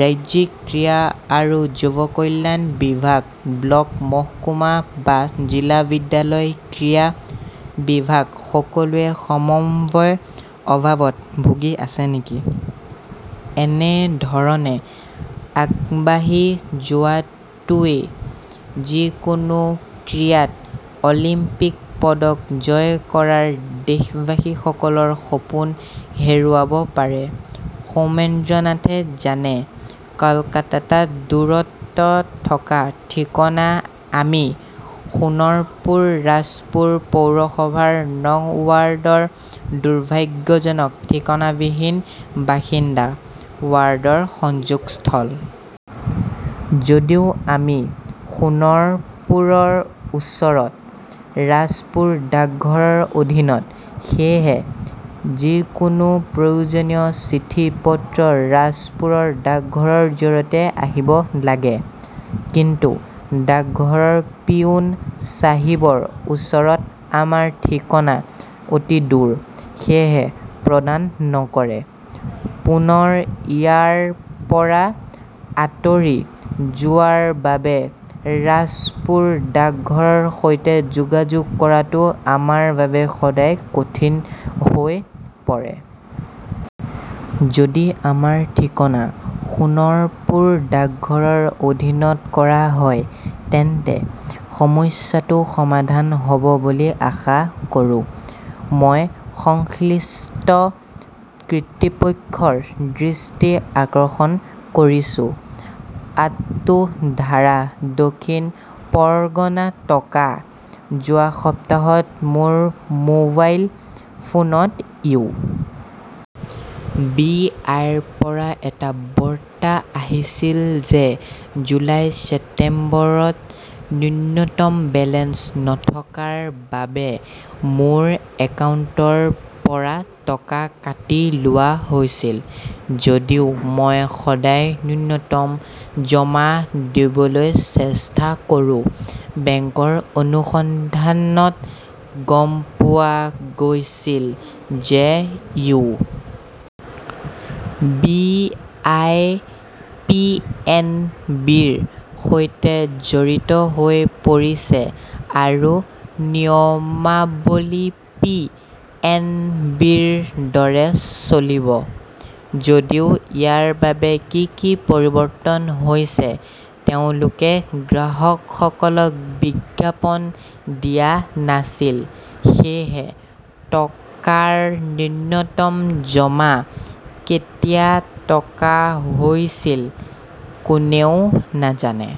ৰাজ্যিক ক্ৰীড়া আৰু যুৱ কল্যাণ বিভাগ, ব্লক, মহকুমা বা জিলা বিদ্যালয় ক্ৰীড়া বিভাগ-সকলোৱে সমন্বয়ৰ অভাৱত ভুগি আছে নেকি? এনে ধৰণে আগবাঢ়ি যোৱাটোৱে যিকোনো ক্ৰীড়াত অলিম্পিক পদক জয় কৰাৰ দেশবাসীসকলৰ সপোন হেৰুৱাব পাৰে। সৌমেন্দ্ৰনাথে জানে, কলকাতা- টা দূৰত্বত থকা ঠিকনা আমি সোণৰপুৰ ৰাজপুৰ পৌৰসভাৰ নং ৱাৰ্ডৰ দুৰ্ভাগ্যজনক ঠিকনাবিহীন বাসিন্দা, ৱাৰ্ডৰ সংযোগস্থলত। যদিও আমি সোণৰপুৰৰ ওচৰত, ৰাজপুৰ ডাকঘৰৰ অধীনত। সেয়েহে যিকোনো প্ৰয়োজনীয় চিঠিপত্ৰ ৰাজপুৰ ডাকঘৰৰ জৰিয়তে আহিব লাগে। কিন্তু ডাকঘৰৰ পিয়োন চাহিবৰ ওচৰত আমাৰ ঠিকনা অতি দূৰ, সেয়েহে প্ৰদান নকৰে। পুনৰ ইয়াৰ পৰা আঁতৰি যোৱাৰ বাবে ৰাজপুৰ ডাকঘৰৰ সৈতে যোগাযোগ কৰাটোও আমাৰ বাবে সদায় কঠিন হৈ পৰে। যদি আমাৰ ঠিকনা সোণৰপুৰ ডাকঘৰৰ অধীনত কৰা হয়, তেন্তে সমস্যাটো সমাধান হ 'ব বুলি আশা কৰোঁ। মই সংশ্লিষ্ট কৰ্তৃপক্ষৰ দৃষ্টি আকৰ্ষণ কৰিছো। আট্টু ধাৰা, দক্ষিণ পৰগনা টকা! যোৱা সপ্তাহত মোৰ মোবাইল ফোনত ইউ. বি. আই. -ৰ পৰা এটা বাৰ্তা আহিছিল যে জুলাই-ছেপ্টেম্বৰত ন্যূনতম বেলেন্স নথকাৰ বাবে মোৰ একাউণ্টৰ পৰা টকা কাটি লোৱা হৈছিল। যদিও মই সদায় ন্যূনতম জমা দিবলৈ চেষ্টা কৰোঁ। বেংকৰ অনুসন্ধানত গম পোৱা গৈছিল যে U. B. I. P. N. B. -ৰ সৈতে জড়িত হৈ পৰিছে আৰু নিয়মাৱলী পি. এন. বি. -ৰ দৰে চলিব। যদিও ইয়াৰ বাবে কি কি পৰিৱৰ্তন হৈছে, তেওঁলোকে গ্ৰাহকসকলক বিজ্ঞাপন দিয়া নাছিল। সেয়েহে, টকাৰ ন্যূনতম জমা কেতিয়া টকা হৈছিল কোনেও নাজানে।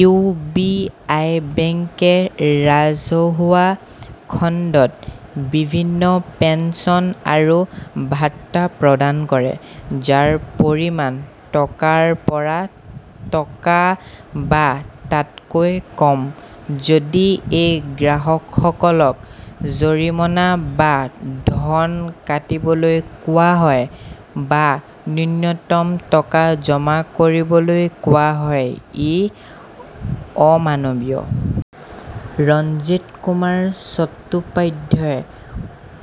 ইউ. বি. আই. বেংকে ৰাজহুৱা খণ্ডত বিভিন্ন পেন্সন আৰু ভাত্তা প্ৰদান কৰে, যাৰ পৰিমাণ টকাৰ পৰা টকা বা তাতকৈ কম। যদি এই গ্ৰাহকসকলক জৰিমনাৰ বাবে ধন কাটিবলৈ কোৱা হয়, বা ন্যূনতম টকা জমা কৰিবলৈ কোৱা হয়, ই অমানৱীয়। ৰঞ্জিত কুমাৰ চট্টোপাধ্যায়,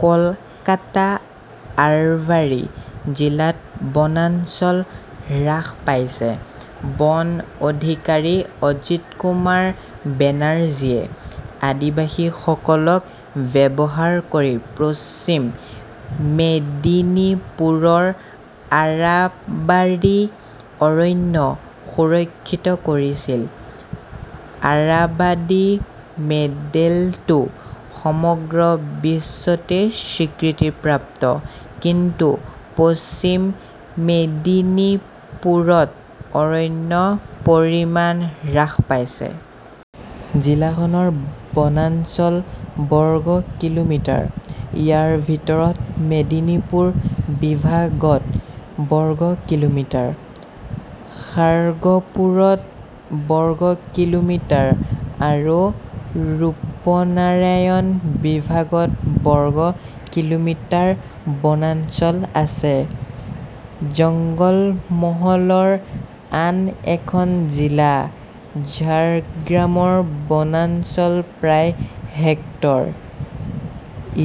কলকাতা-। আৰবাৰী জিলাত বনাঞ্চল হ্ৰাস পাইছে। বন অধিকাৰী অজিতকুমাৰ বেনাৰ্জীয়ে আদিবাসীসকলক ব্যৱহাৰ কৰি পশ্চিম মেদিনীপুৰৰ আৰাবাৰী অৰণ্য সুৰক্ষিত কৰিছিল। আৰাবাদী মডেলটো সমগ্ৰ বিশ্বতে স্বীকৃতিপ্ৰাপ্ত। কিন্তু পশ্চিম মেদিনীপুৰত অৰণ্যৰ পৰিমাণ হ্ৰাস পাইছে। জিলাখনৰ বনাঞ্চল বৰ্গ কিলোমিটাৰ। ইয়াৰ ভিতৰত মেদিনীপুৰ বিভাগত বৰ্গ কিলোমিটাৰ, খাৰ্গপুৰত বৰ্গ কিলোমিটাৰ আৰু ৰূপনাৰায়ণ বিভাগত বৰ্গ কিলোমিটাৰ বনাঞ্চল আছে। জঙ্গলমহলৰ আন এখন জিলা ঝাৰগ্ৰামৰ বনাঞ্চল প্ৰায় হেক্টৰ।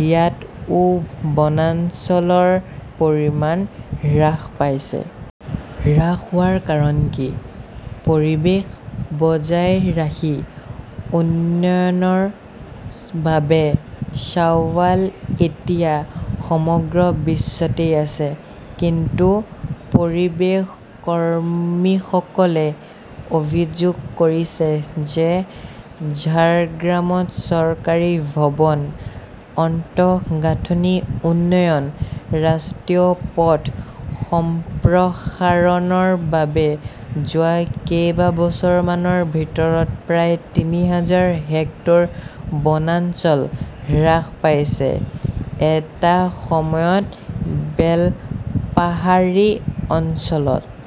ইয়াতও বনাঞ্চলৰ পৰিমাণ হ্ৰাস পাইছে। হ্ৰাস হোৱাৰ কাৰণ কি? পৰিৱেশ বজাই ৰাখি উন্নয়নৰ বাবে চাৱাল এতিয়া সমগ্ৰ বিশ্বতে আছে। কিন্তু পৰিৱেশ কৰ্মীসকলে অভিযোগ কৰিছে যে ঝাৰগ্ৰামত চৰকাৰী ভৱন, আন্তঃগাঁথনি উন্নয়ন, ৰাষ্ট্ৰীয় পথ সম্প্ৰসাৰণৰ বাবে যোৱা কেইবছৰমানৰ ভিতৰত প্ৰায় তিনি হাজাৰ হেক্টৰ বনাঞ্চল হ্ৰাস পাইছে। এটা সময়ত বেলপাহাৰী অঞ্চলত